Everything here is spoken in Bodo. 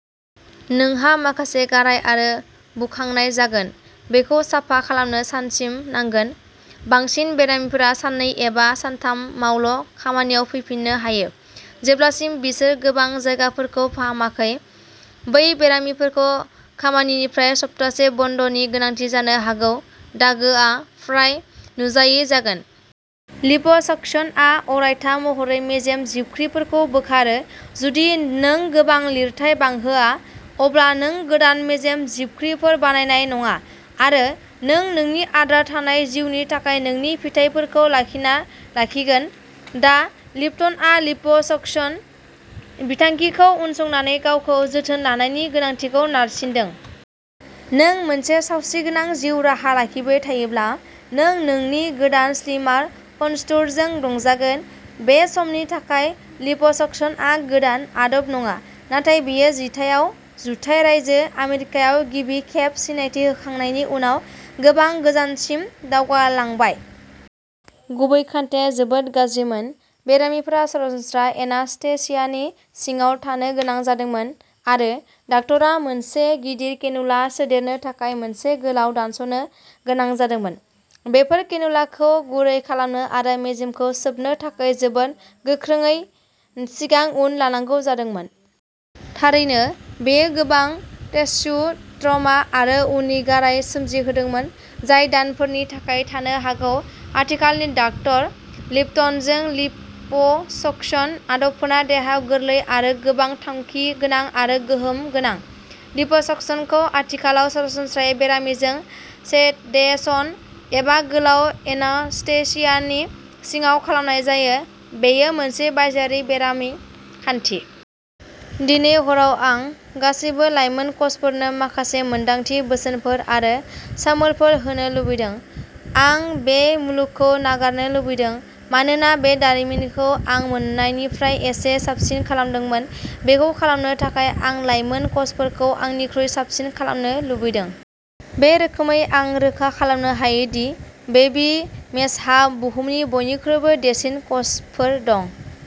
नोंहा माखासे गाराय आरो बुखांनाय जागोन; बेखौ साफा खालामनो सानसिम नांगोन। बांसिन बेरामिफोरा साननै एबा सानथामावल'खामानियाव फैफिननो हायो, जेब्लासिम बिसोर गोबां जायगाफोरखौ फाहामाखै। बै बेरामिफोरखौ खामानिनिफ्राय सप्तासे बन्दनि गोनांथि जानो हागौ। दागोआ फ्राय नुजायै जागोन। लिप'सकसनआ अरायथा महरै मेजेम जिबख्रिफोरखौ बोखारो। जुदि नों गोबां लिरथाय बांहोआ, अब्ला नों गोदान मेजेम जिबख्रिफोर बानायनाय नङा आरो नों नोंनि आद्रा थानाय जिउनि थाखाय नोंनि फिथायफोरखौ लाखिना लाखिगोन। डा. लिपटनआ लिप'सकसन बिखान्थिखौ उनसंनानै गावखौ जोथोन लानायनि गोनांथिखौ नारसिनदों। नों मोनसे सावस्रिगोनां जिउ राहा लाखिबाय थायोब्ला, नों नोंनि गोदान स्लिमार कनट्युरजों रंजागोन। बे समनि थाखाय। लिप'सक्सनआ गोदान आदब नङा, नाथाय बेयो जिथाइयाव जुथाइ रायजो आमेरिकायाव गिबि खेब सिनायथि होखांनायनि उनाव गोबां गोजानसिम दावगालांबाय। गुबै खान्थिया जोबोद गाज्रिमोन। बेरामिफोरा सरासनस्रा एनास्थेसियानि सिङाव थानो गोनां जादोंमोन, आरो डाक्ट'रा मोनसे गिदिर केनुला सोदेरनो थाखाय मोनसे गोलाव दानस'नो गोनां जादोंमोन। बेफोर केनुलाखौ गुरै खालामनो आरो मेजेमखौ सोबनो थाखाय जोबोद गोख्रोङै सिगां-उन लांनांगौ जादोंमोन। थारैनो, बेयो गोबां टिस्यु ट्रमा आरो उननि गाराय सोमजिहोदोंमोन जाय दानफोरनि थाखाय थानो हागौ। आथिखालनि डॉ. लिप्टनजों लिप'सक्सन आदबफोरा देहायाव गोरलै आरो गोबां थांखिगोनां आरो गोहोम गोनां। लिप'सक्सनखौ आथिखालाव सरासनस्रायै बेरामिजों सेडेशन एबा "गोबाल'" एनास्थेसियानि सिङाव खालामनाय जायो; बेयो मोनसे बायजोआरि बेरामि खान्थि। दिनै हराव आं गासैबो लाइमोन कचफोरनो माखासे मोनदांथि, बोसोनफोर आरो सामोलफोर होनो लुबैदों। आं बे मुलुगखौ नागारनो लुबैदों, मानोना बे दारिमिनखौ आं मोन्नायनिफ्राय एसे साबसिन खालामदोंमोन। बेखौ खालामनो थाखाय आं लाइमोन कचफोरखौ आंनिख्रुइ साबसिन खालामनो लुबैदों। बे रोखोमै आं रोखा खालामनो हायो दि बेबी मेशहा बुहुमनि बयनिख्रुइबो देरसिन कचफोर दं।